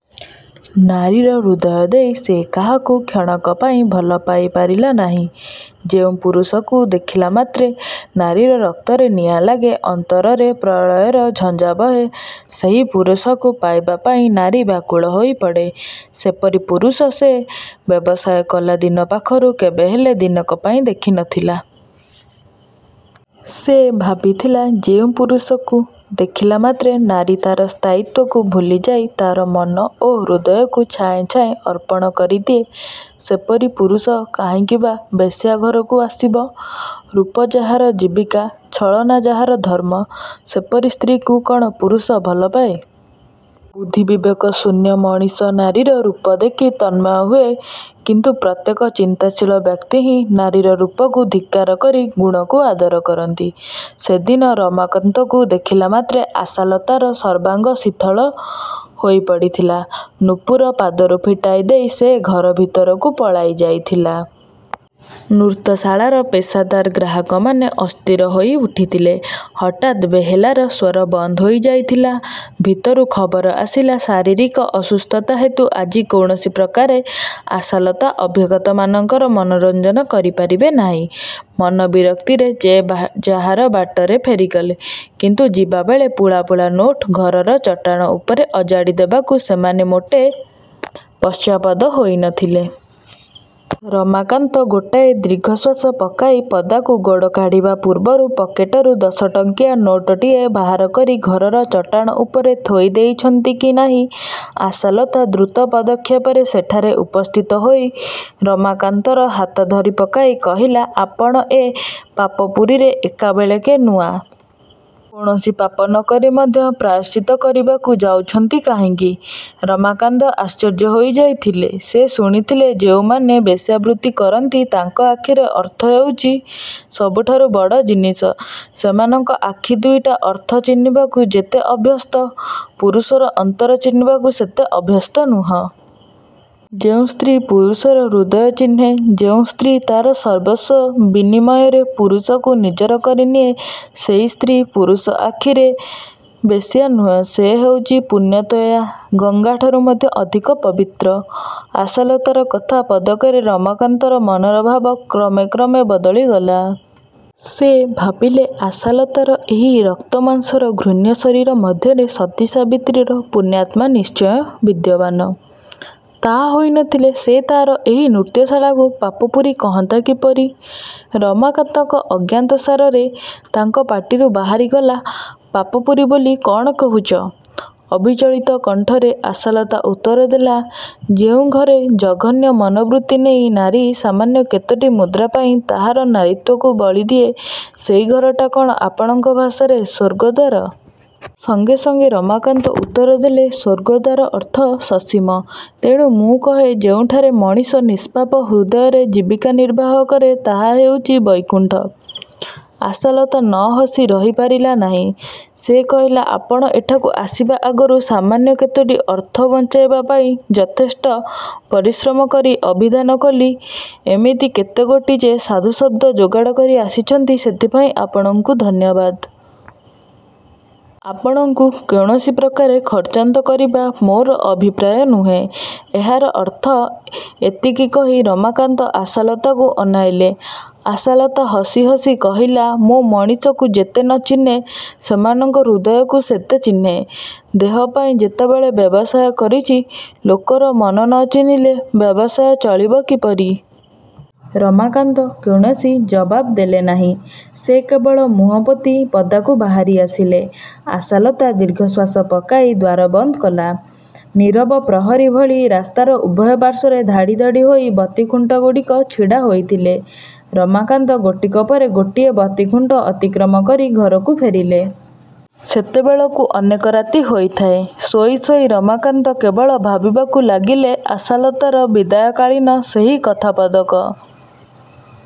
ନାରୀର ହୃଦୟ ଦେଇ ସେ କାହାକୁ କ୍ଷଣକ ପାଇଁ ଭଲ ପାଇପାରିଲା ନାହିଁ। ଯେଉଁ ପୁରୁଷକୁ ଦେଖିଲା ମାତ୍ରେ ନାରୀର ରକ୍ତରେ ନିଆଁ ଲାଗେ, ଅନ୍ତରରେ ପ୍ରଳୟର ଝଞ୍ଜା ବହେ, ସେହି ପୁରୁଷକୁ ପାଇବା ପାଇଁ ନାରୀ ବ୍ୟାକୁଳ ହୋଇପଡ଼େ। ସେପରି ପୁରୁଷ ସେ ବ୍ୟବସାୟ କଲା ଦିନ ପାଖରୁ କେବେହେଲେ ଦିନକ ପାଇଁ ଦେଖିନଥିଲା। ସେ ଭାବିଥିଲା ଯେଉଁ ପୁରୁଷକୁ ଦେଖିଲା ମାତ୍ରେ ନାରୀ ତା'ର ସ୍ଥାୟିତ୍ୱକୁ ଭୁଲିଯାଇ ତା'ର ମନ ଓ ହୃଦୟକୁ ଛାଏଁ ଛାଏଁ ଅର୍ପଣ କରିଦିଏ ସେପରି ପୁରୁଷ କାହିଁକି ବା ବେଶ୍ୟା ଘରକୁ ଆସିବ? ରୂପ ଯାହାର ଜୀବିକା, ଛଳନା ଯାହାର ଧର୍ମ ସେପରି ସ୍ତ୍ରୀକୁ କ'ଣ ପୁରୁଷ ଭଲପାଏ? ବୁଦ୍ଧି ବିବେକ ଶୂନ୍ୟ ମଣିଷ ନାରୀର ରୂପ ଦେଖି ତନ୍ମୟ ହୁଏ କିନ୍ତୁ ପ୍ରତ୍ୟେକ ଚିନ୍ତାଶୀଳ ବ୍ୟକ୍ତି ହିଁ ନାରୀର ରୂପକୁ ଧିକ୍କାର କରି ଗୁଣକୁ ଆଦର କରନ୍ତି। ସେଦିନ ରମାକାନ୍ତକୁ ଦେଖିଲାମାତ୍ରେ ଆଶାଲତାର ସର୍ବାଙ୍ଗ ଶିଥିଳ ହୋଇପଡ଼ିଥିଲା। ନୂପୁର ପାଦରୁ ଫିଟାଇ ଦେଇ ସେ ଘର ଭିତରକୁ ପଳାଇ ଯାଇଥିଲା। ନୃତ୍ୟଶାଳାର ପେଶାଦାର ଗ୍ରାହକମାନେ ଅସ୍ଥିର ହୋଇଉଠିଥିଲେ। ହଠାତ୍ ବେହେଲାର ସ୍ୱର ବନ୍ଦ ହୋଇଯାଇଥିଲା। ଭିତରୁ ଖବର ଆସିଲା ଶାରୀରିକ ଅସୁସ୍ଥତା ହେତୁ ଆଜି କୌଣସି ପ୍ରକାରେ ଆଶାଲତା ଅଭ୍ୟାଗତମାନଙ୍କର ମନୋରଞ୍ଜନ କରିପାରିବେ ନାହିଁ। ମନ ବିରକ୍ତିରେ ଯେ ଯାହାର ବାଟରେ ଫେରିଗଲେ କିନ୍ତୁ ଯିବାବେଳେ ପୁଳା ପୁଳା ନୋଟ ଘରର ଚଟାଣ ଉପରେ ଅଜାଡ଼ି ଦେବାକୁ ସେମାନେ ମୋଟେ ପଶ୍ଚାତ୍ପଦ ହୋଇନଥିଲେ। ରମାକାନ୍ତ ଗୋଟାଏ ଦୀର୍ଘଶ୍ୱାସ ପକାଇ ପଦାକୁ ଗୋଡ଼ କାଢ଼ିବା ପୂର୍ବରୁ ପକେଟରୁ ଦଶଟଙ୍କିଆ ନୋଟଟିଏ ବାହାର କରି ଘରର ଚଟାଣ ଉପରେ ଥୋଇଦେଇଛନ୍ତି କି ନାହିଁ ଆଶାଲତା ଦ୍ରୁତ ପଦକ୍ଷେପରେ ସେଠାରେ ଉପସ୍ଥିତ ହୋଇ ରମାକାନ୍ତର ହାତ ଧରିପକାଇ କହିଲା, ''ଆପଣ ଏ ପାପପୁରୀରେ ଏକାବେଳକେ ନୂଆ। କୌଣସି ପାପ ନ କରି ମଧ୍ୟ ପ୍ରାୟଶ୍ଚିତ କରିବାକୁ ଯାଉଛନ୍ତି କାହିଁକି? '' ରମାକାନ୍ତ ଆଶ୍ଚର୍ଯ୍ୟ ହୋଇଯାଇଥିଲେ। ସେ ଶୁଣିଥିଲେ ଯେଉଁମାନେ ବେଶ୍ୟାବୃତ୍ତି କରନ୍ତି ତାଙ୍କ ଆଖିରେ ଅର୍ଥ ହେଉଛି ସବୁଠାରୁ ବଡ଼ ଜିନିଷ। ସେମାନଙ୍କ ଆଖି ଦୁଇଟା ଅର୍ଥ ଚିହ୍ନିବାକୁ ଯେତେ ଅଭ୍ୟସ୍ତ ପୁରୁଷର ଅନ୍ତର ଚିହ୍ନିବାକୁ ସେତେ ଅଭ୍ୟସ୍ତ ନୁହେଁ। ଯେଉଁ ସ୍ତ୍ରୀ ପୁରୁଷର ହୃଦୟ ଚିହ୍ନେ, ଯେଉଁ ସ୍ତ୍ରୀ ତା'ର ସର୍ବସ୍ୱ ବିନିମୟରେ ପୁରୁଷକୁ ନିଜର କରିନିଏ, ସେହି ସ୍ତ୍ରୀ ପୁରୁଷ ଆଖିରେ ବେଶ୍ୟା ନୁହେଁ। ସେ ହେଉଛି ପୁଣ୍ୟତୋୟା, ଗଙ୍ଗାଠାରୁ ମଧ୍ୟ ଅଧିକ ପବିତ୍ର। ଆଶାଲତାର କଥା ପଦକରେ ରମାକାନ୍ତର ମନର ଭାବ କ୍ରମେ କ୍ରମେ ବଦଳିଗଲା। ସେ ଭାବିଲେ ଆଶାଲତାର ଏହି ରକ୍ତମାଂସର ଘୃଣ୍ୟ ଶରୀର ମଧ୍ୟରେ ସତୀସାବିତ୍ରୀର ପୁଣ୍ୟାତ୍ମା ନିଶ୍ଚୟ ବିଦ୍ୟବାନ। ତାହା ହୋଇନଥିଲେ ସେ ତାହାର ଏହି ନୃତ୍ୟଶାଳାକୁ ପାପପୁରୀ କହନ୍ତା କିପରି? ରମାକାନ୍ତଙ୍କ ଅଜ୍ଞାତସାରରେ ତାଙ୍କ ପାଟିରୁ ବାହାରିଗଲା, ''ପାପପୁରୀ ବୋଲି କ'ଣ କହୁଛ? '' ଅବିଚଳିତ କଣ୍ଠରେ ଆଶାଲତା ଉତ୍ତରଦେଲା ''ଯେଉଁ ଘରେ ଜଘନ୍ୟ ମନୋବୃତ୍ତି ନେଇ ନାରୀ ସାମାନ୍ୟ କେତୋଟି ମୁଦ୍ରା ପାଇଁ ତାହାର ନାରୀତ୍ୱକୁ ବଳିଦିଏ, ସେହି ଘରଟା କ'ଣ ଆପଣଙ୍କ ଭାଷାରେ ସ୍ୱର୍ଗଦ୍ୱାର? '' ସଙ୍ଗେ ସଙ୍ଗେ ରମାକାନ୍ତ ଉତ୍ତରଦେଲେ ''ସ୍ୱର୍ଗଦ୍ୱାର ଅର୍ଥ ସସୀମ। ତେଣୁ ମୁଁ କହେ ଯେଉଁଠାରେ ମଣିଷ ନିଷ୍ପାପ ହୃଦୟରେ ଜୀବିକା ନିର୍ବାହ କରେ ତାହା ହେଉଛି ବୈକୁଣ୍ଠ। '' ଆଶାଲତା ନ ହସି ରହିପାରିଲା ନାହିଁ। ସେ କହିଲା ''ଆପଣ ଏଠାକୁ ଆସିବା ଆଗରୁ ସାମାନ୍ୟ କେତୋଟି ଅର୍ଥ ବଞ୍ଚାଇବା ପାଇଁ ଯଥେଷ୍ଟ ପରିଶ୍ରମ କରି ଅଭିଧାନ ଖୋଲି ଏମିତି କେତେଗୋଟି ଯେ ସାଧୁଶବ୍ଦ ଯୋଗାଡ଼ କରି ଆସିଛନ୍ତି ସେଥିପାଇଁ ଆପଣଙ୍କୁ ଧନ୍ୟବାଦ। ଆପଣଙ୍କୁ କୌଣସି ପ୍ରକାରେ ଖର୍ଚ୍ଚାନ୍ତ କରିବା ମୋର ଅଭିପ୍ରାୟ ନୁହେଁ। '' ''ଏହାର ଅର୍ଥ? '' ଏତିକି କହି ରମାକାନ୍ତ ଆଶାଲତାକୁ ଅନାଇଲେ। ଆଶାଲତା ହସି ହସି କହିଲା, ''ମୁଁ ମଣିଷକୁ ଯେତେ ନ ଚିହ୍ନେ ସେମାନଙ୍କର ହୃଦୟକୁ ସେତେ ଚିହ୍ନେ। ଦେହ ପାଇଁ ଯେତେବେଳେ ବ୍ୟବସାୟ କରିଛି ଲୋକର ମନ ନ ଚିହ୍ନିଲେ ବ୍ୟବସାୟ ଚଳିବ କିପରି? '' ରମାକାନ୍ତ କୌଣସି ଜବାବ୍ ଦେଲେ ନାହିଁ। ସେ କେବଳ ମୁହଁପୋତି ପଦାକୁ ବାହାରି ଆସିଲେ। ଆଶାଲତା ଦୀର୍ଘଶ୍ୱାସ ପକାଇ ଦ୍ୱାର ବନ୍ଦ କଲା। ନୀରବ ପ୍ରହରୀ ଭଳି ରାସ୍ତାର ଉଭୟ ପାର୍ଶ୍ୱରେ ଧାଡ଼ି ଧାଡ଼ି ହୋଇ। ବତୀଖୁଣ୍ଟଗୁଡ଼ିକ ଛିଡ଼ା ହୋଇଥିଲେ। ରମାକାନ୍ତ ଗୋଟିକ ପରେ ଗୋଟିଏ ବତୀଖୁଣ୍ଟ ଅତିକ୍ରମ କରି ଘରକୁ ଫେରିଲେ। ସେତେବେଳକୁ ଅନେକ ରାତି ହୋଇଥାଏ। ଶୋଇ ଶୋଇ ରମାକାନ୍ତ କେବଳ ଭାବିବାକୁ ଲାଗିଲେ ଆଶାଲତାର ବିଦାୟକାଳୀନ ସେହି କଥାପଦକ।